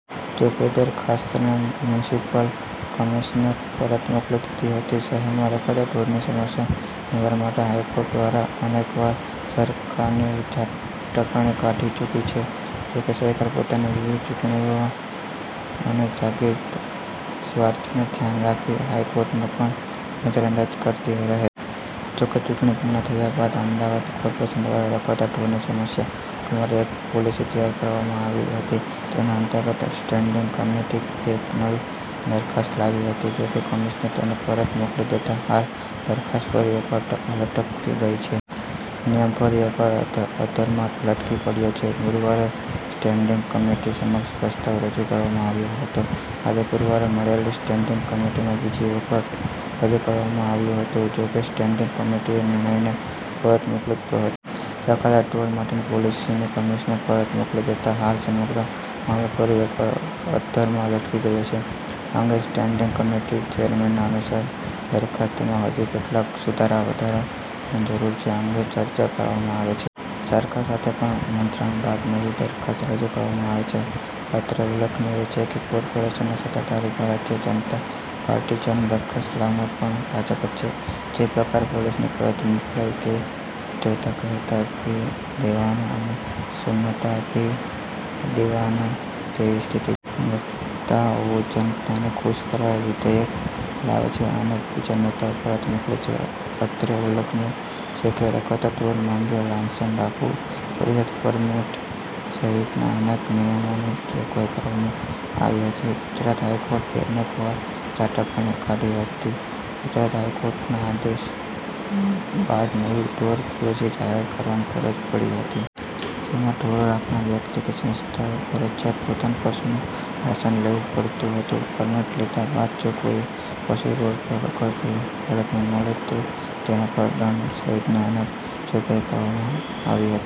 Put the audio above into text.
જો કેદરખાસ્તને municipal commissioner પરત મોકલી દીધી હતી. શહેરમાં રખડતા ઢોરની સમસ્યા નિવારવા માટે હાઇકોર્ટ દ્વારા અનેકવાર સરકારની ઝાટકણી કાઢી ચુકી છે. જો કે સરકાર પોતાની વિવિધ ચૂંટણીઓ અને જાતી સ્વાર્થને ધ્યાન રાખીને હાઇકોર્ટને પણ નજર અંદાજ કરતી રહે છે. જો કે ચૂંટણી પુર્ણ થયા બાદ અમદાવાદ કોર્પોરેશન દ્વારા રખડતા ઢોરની સમસ્યા ઉકેલ માટે એક પોલિસી તૈયાર કરવામાં આવી હતી. જેના અંતર્ગત સ્ટેન્ડિંગ કમિટી એક નવી દરખાસ્ત લાવી હતી. જો કે કમિશ્નરે તેને પરત મોકલી દેતા હાલ દરખાસ્ત ફરી એકવ લટકી ગઇ છે. નિયમ ફરી એકવાર અધરમાં લટકી પડ્યો છે. ગુરૂવારે સ્ટેન્ડિંગ કમિટી સમક્ષ પ્રસ્તાવ રજુ કરવામાં આવ્યો હતો આજે ગુરુવારે મળેલી સ્ટેન્ડિંગ કમિટીમાં બીજી વખતરજુ કરવામાં આવ્યું હતું. જો કે સ્ટેન્ડિંગ કમિટીએનિર્ણયને પરત મોકલી દીધો હતો. રખડતા ઢોર માટેની પોલીસીને કમિશનરે પરત મોકલી દેતા હાલ સમગ્ર મામલો ફરી એકવાર અધરમાં લટકી ગયો છે. અંગે સ્ટેન્ડિંગ કમિટી ચેરમેનના અનુસાર દરખાસ્તમાં હજુ કેટલાક સુધારા વધારા જરૂર છે. અંગે ચર્ચા કરવામાં આવશે. સરકાર સાથે પણ મંત્રણા બાદ નવી દરખાસ્ત રજુ કરવામાં આવશે. અત્રે ઉલ્લેખનીય છે કે, કોર્પોરેશનના સત્તાધારી ભારતીય જનતા પાર્ટીછે અને દરખાસ્ત લાવનાર પણ ભાજપછે. જે પ્રકારે પોલિસી પરત મોકલાઇ તે જોતા કહેતા ભી દિવાના અને સુનતા ભી દિવાના જેવી સ્થિતિ નેતાઓજનતાને ખુશ કરવા વિધેય લાવે છે અને બીજા નેતાઓ પરત મોકલે છે. અત્રે ઉલ્લેખનીય છે કે રખડતાં ઢોર મામલે લાયસન રાખવું, ફરત પરમીટ સહિતના અનેક નિયમોની જોગવાઇ કરવામાં આવી હતી. ગુજરાત હાઇકોર્ટે અનેકવાર ઝાટકણી કાઢી હતી ગુજરાત હાઇકોર્ટના આદેશ બાદનવી ઢોર પોલીસી જાહેર કરવાની ફરજ પડી હતી. જેમાં ઢોર રાખનાર વ્યક્તિ કે સંસ્થાએ ફરજીયાત પોતાના પશુનું લાયસન લેવું પડતું હતું. પરમીટ લીધા બાદ જો કોઇ પશુ રોડ પર રખડતી હાલતમાં મળે તો તેના પર દંડ સહિતની અનેગ જોગવાઇઓ કરવામાં આવી હ